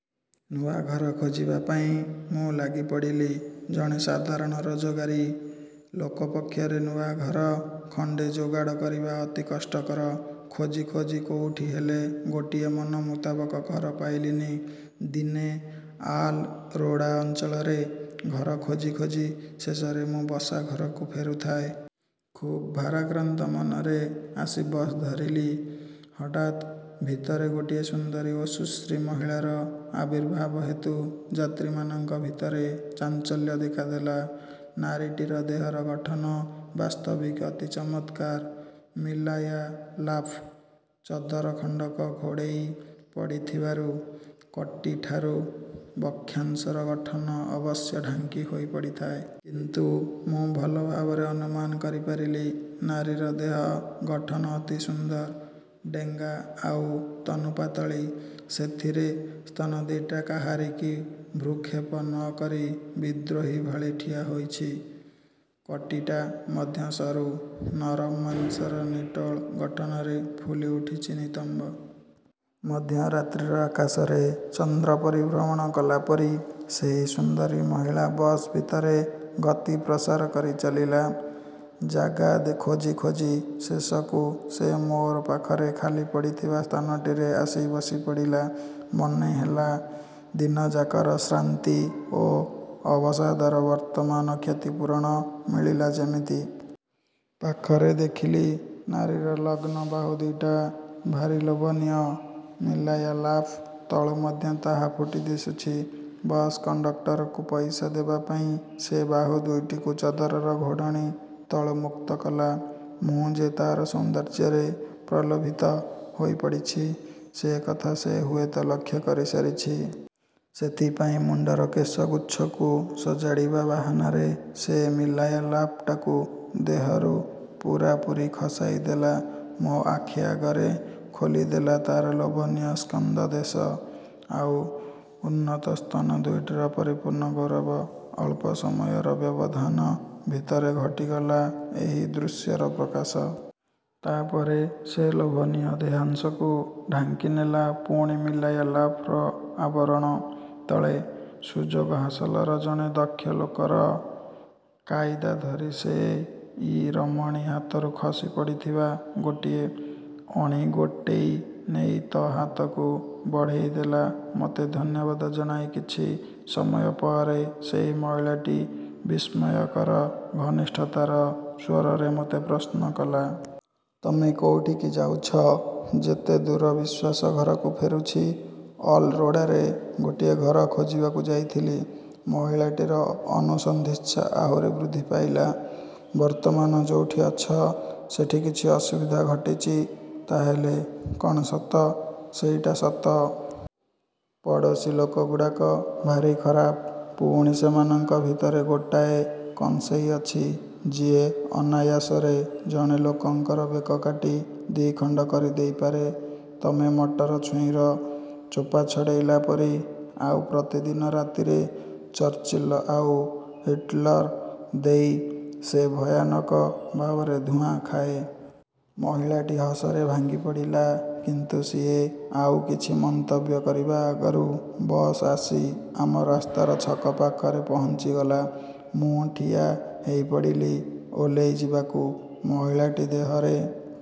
ନୂଆ ଘର ଖୋଜିବା ପାଇଁ ମୁଁ ଲାଗିପଡ଼ିଲି। ଜଣେ ସାଧାରଣ ରୋଜଗାରୀ ଲୋକ ପକ୍ଷରେ ନୂଆଘର ଖଣ୍ଡେ ଯୋଗାଡ଼ କରିବା ଅତି କଷ୍ଟକର। ଖୋଜି ଖୋଜି କୋଉଠି ହେଲେ ଗୋଟିଏ ମନମୁତାବକ ଘର ପାଇଲିନି। ଦିନେ ଆଲ୍-ରୋଡ଼ା ଅଞ୍ଚଳରେ ଘର ଖୋଜି ଖୋଜି ଶେଷରେ ମୁଁ ବସା ଘରକୁ ଫେରୁଥାଏ। ଖୁବ୍ ଭାରାକ୍ରାନ୍ତ ମନରେ ଆସି ବସ୍ ଧରିଲି। ହଠାତ୍ ଭିତରେ ଗୋଟିଏ ସୁନ୍ଦରୀ ଓ ସୁଶ୍ରୀ ମହିଳାର ଆବିର୍ଭାବ ହେତୁ ଯାତ୍ରୀମାନଙ୍କ ଭିତରେ ଚାଞ୍ଚଲ୍ୟ ଦେଖାଦେଲା। ନାରୀଟିର ଦେହର ଗଠନ ବାସ୍ତବିକ ଅତି ଚମତ୍କାର 'ମିଲାୟା-ଲାଫ' ଚଦର ଖଣ୍ଡକ ଘୋଡ଼େଇ ପଡ଼ିଥିବାରୁ କଟିଠାରୁ ବକ୍ଷାଂଶର ଗଠନ ଅବଶ୍ୟ ଢାଙ୍କି ହୋଇ ପଡ଼ିଥାଏ। କିନ୍ତୁ ମୁଁ ଭଲ ଭାବରେ ଅନୁମାନ କରିପାରିଲି-। ନାରୀର ଦେହ ଗଠନ ଅତି ସୁନ୍ଦର, ଡେଙ୍ଗା ଆଉ ତନୁପାତଳୀ, ସେଥିରେ ସ୍ତନଦିଟା କାହାରିକି ଭ୍ରୂକ୍ଷେପ ନ କରି ବିଦ୍ରୋହୀଭଳି ଠିଆ ହେଇଛି। କଟିଟା ମଧ୍ୟ ସରୁ, ନରମ ମାଂସର ନିଟୋଳ ଗଠନରେ ଫୁଲି ଉଠିଛି ନିତମ୍ବ। ମଧ୍ୟରାତ୍ରିର ଆକାଶରେ ଚନ୍ଦ୍ର ପରିଭ୍ରମଣ କଲାପରି ସେହି ସୁନ୍ଦରୀ ମହିଳା ବସ୍ ଭିତରେ ଗତି ପ୍ରସାରକରି ଚାଲିଲା। ଜାଗା ଖୋଜି ଖୋଜି ଶେଷକୁ ସେ ମୋର ପାଖରେ ଖାଲି ପଡ଼ିଥିବା ସ୍ଥାନଟିରେ ଆସି ବସି ପଡ଼ିଲା। ମନେହେଲା ଦିନଯାକର ଶ୍ରାନ୍ତି ଓ ଅବସାଦର ବର୍ତ୍ତମାନ କ୍ଷତିପୂରଣ ମିଳିଲା ଯେମିତି। ପାଖରେ ଦେଖିଲି, ନାରୀର ନଗ୍ନ ବାହୁଦିଟା ଭାରି ଲୋଭନୀୟ। ମିଲାୟା-ଲାଫ୍ ତଳୁ ମଧ୍ୟ ତାହା ଫୁଟି ଦିଶୁଛି। ବସ୍ କଣ୍ଡକଟରକୁ ପଇସା ଦେବାପାଇଁ ସେ ବାହୁ ଦୁଇଟିକୁ ଚଦରର ଘୋଡ଼ଣି ତଳୁ ମୁକ୍ତ କଲା। ମୁଁ ଯେ ତାର ସୌନ୍ଦର୍ଯ୍ୟରେ ପ୍ରଲୋଭିତ ହୋଇପଡ଼ିଛି, ସେ କଥା ସେ ହୁଏତ ଲକ୍ଷ୍ୟ କରିସାରିଛି। ସେଥିପାଇଁ ମୁଣ୍ଡର କେଶଗୁଚ୍ଛକୁ ସଜାଡ଼ିବା ବାହାନାରେ ସେ ମିଲାୟା-ଲାଫଟାକୁ ଦେହରୁ ପୁରାପୁରି ଖସାଇ ଦେଲା-। ମୋ ଆଖି ଆଗରେ ଖୋଲି ଦେଲା ତାର ଲୋଭନୀୟ ସ୍କନ୍ଧଦେଶ, ଆଉ ଉନ୍ନତ ସ୍ତନ ଦୁଇଟିର ପରିପୂର୍ଣ୍ଣ ଗୌରବ। ଅଳ୍ପ ସମୟର ବ୍ୟବଧାନ ଭିତରେ ଘଟିଗଲା ଏହି ଦୃଶ୍ୟର ପ୍ରକାଶ। ତାପରେ ସେ ଲୋଭନୀୟ ଦେହାଂଶକୁ ଢାଙ୍କିନେଲା ପୁଣି ମିଲାୟା-ଲଫର୍ ଆବରଣ ତଳେ। ସୁଯୋଗ ହାସଲର ଜଣେ ଦକ୍ଷ ଲୋକର କାଇଦା ଧରି ସେଇ ରମଣୀ ହାତରୁ ଖସି ପଡ଼ିଥିବା ଗୋଟିଏ। ଅଣି ଗୋଟେଇ ନେଇ ତ ହାତକୁ ବଢ଼େଇ ଦେଲା। ମତେ ଧନ୍ୟବାଦ୍ ଜଣାଇ କିଛି ସମୟ ପରେ ସେହି ମହିଳାଟି ବିସ୍ମୟକର ଘନିଷ୍ଠତାର ସ୍ୱରରେ ମୋତେ ପ୍ରଶ୍ନ କଲା। "ତମେ କୋଉଠିକି ଯାଉଛ? " "ଯେତେଦୂର ବିଶ୍ୱାସ ଘରକୁ ଫେରୁଛି। " "ଅଲ୍-ରୋଡ଼ାରେ ଗୋଟିଏ ଘର ଖୋଜିବାକୁ ଯାଇଥିଲି। " ମହିଳାଟିର ଅନୁସନ୍ଧିତ୍ସା ଆହୁରି ବୃଦ୍ଧି ପାଇଲା। "ବର୍ତ୍ତମାନ ଯୋଉଠି ଅଛ, ସେଠି କିଛି ଅସୁବିଧା ଘଟିଛି ତା' ହେଲେ। କଣ ସତ? " "ସେଇଟା ସତ। ପଡ଼ୋଶୀ ଲୋକଗୁଡ଼ାକ ଭାରି ଖରାପ, ପୁଣି, ସେମାନଙ୍କ ଭିତରେ ଗୋଟାଏ କଂସେଇ ଅଛି, ଯିଏ ଅନାୟାସରେ ଜଣେ ଲୋକଙ୍କର ବେକ କାଟି ଦିଖଣ୍ଡ କରିଦେଇପାରେ, ତମେ ମଟର ଛୁଇଁର ଚୋପା ଛଡ଼େଇଲା ପରି; ଆଉ ପ୍ରତିଦିନ ରାତିରେ ଚର୍ଚ୍ଚିଲ ଆଉ ହିଟଲର୍ ଦେଇ ସେ ଭୟାନକ ଭାବରେ ଧୂଆଁ ଖାଏ " ମହିଳାଟି ହସରେ ଭାଙ୍ଗି ପଡ଼ିଲା। କିନ୍ତୁ ସିଏ ଆଉ କିଛି ମନ୍ତବ୍ୟ କରିବା ଆଗରୁ ବସ୍ ଆସି ଆମ ରାସ୍ତାର ଛକ ପାଖରେ ପହଞ୍ଚିଗଲା। ମୁଁ ଠିଆ ହେଇପଡ଼ିଲି ଓହ୍ଲେଇ ଯିବାକୁ। ମହିଳାଟି ଦେହରେ